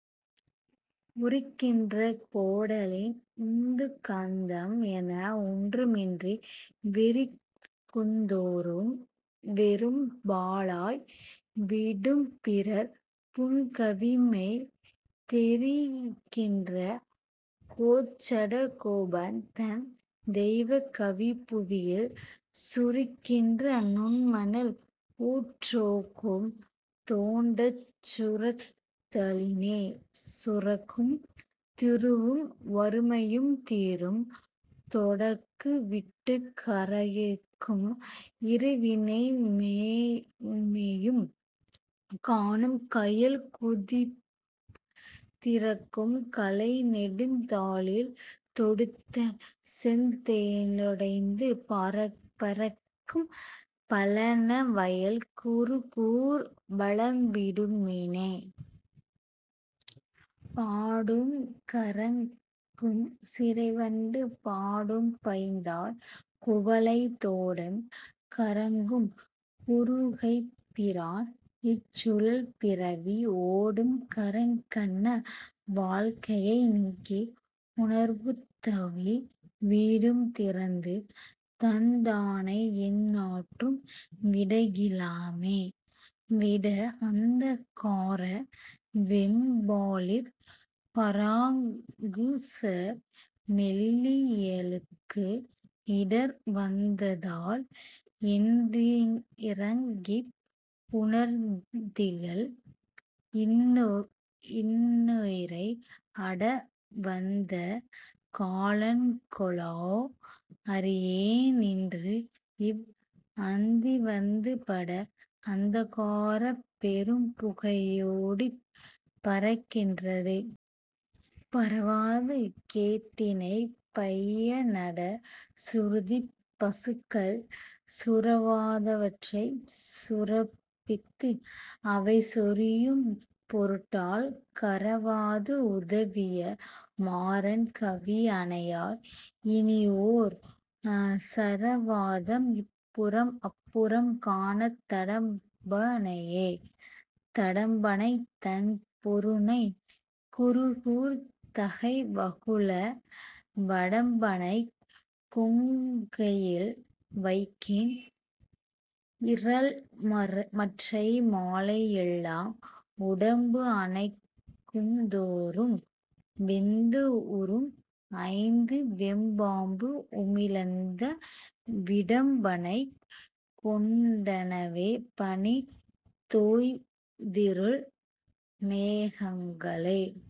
உரிக்கின்ற கோடலின் உந்துகந்தம் என ஒன்றுமின்றி விரிக்குந்தோறும் வெறும் பாழாய் விடும்பிறர் புன்கவிமெய் தெரிக்கின்ற கோச்சடகோபன் தன் தெய்வக் கவிபுவியில் சுரிக்கின்ற நுண்மணல் ஊற்றொக்கும் தோண்டச் சுரத்தலினே.. சுரக்கும் திருவும் வறுமையும் தீரும் தொடக்கு விட்டுக் கரக்கும் இருவினை மேன்மையும் காணும் கயல்குதிப்பத் திரக்கும் கழைநெடுந் தாளில் தொடுத்த செந்தேனுடைந்து பரக்கும் பழன வயல் குருகூர் வளம்படுமினே. பாடும் கறங்கும் சிறைவண்டு பாடும்பைந்தாள் குவளை தோடும் கறங்கும் குருகைப்பிரான் இச் சுழல்பிறவி ஓடும் கறங்கன்ன வாழ்கையை நீக்கி உணர்வுதவி வீடும் திறந்து தந்தானை எந்நாற்றும் விடகிலமே. விட அந்தகார வெம்பாலிற் பராங்குசர் மெல்லியலுக்கு இடர் வந்ததால் என்றிரங்கிப் புணர்ந்திலர் இன்னுயிரை அடவந்த காலன்கொலோ அறியேன் இன்று இவ் அந்திவந்து பட அந்தகாரப் பெரும்புகையோடிப் பரக்கின்றதே. பரவாது கேட்டினிப் பைய நட சுருதிப் பசுக்கள் சுரவாதவற்றைச் சுரப்பித்து அவை சொரியும் பொருட்டால் கரவாது உதவிய மாறன் கவி அனையாய் இனிஓர் சரவாதம் இப்புறம் அப்புறம் காணத் தடம்பணையே. தடம்பணைத் தண்பொருநைக் குருகூர் தகை வகுள வடம்பணைக் கொங்கையில் வைக்கின் றிலர்மற்றை மாலைஎல்லாம் உடம்பு அணைக்குந்தொறும் வெந்துஉரும் ஐந்து வெம்பாம்பு உமிழந்த விடம்பணைக் கொண்டனவே பனி தோய்ந்திருள் மேகங்களே.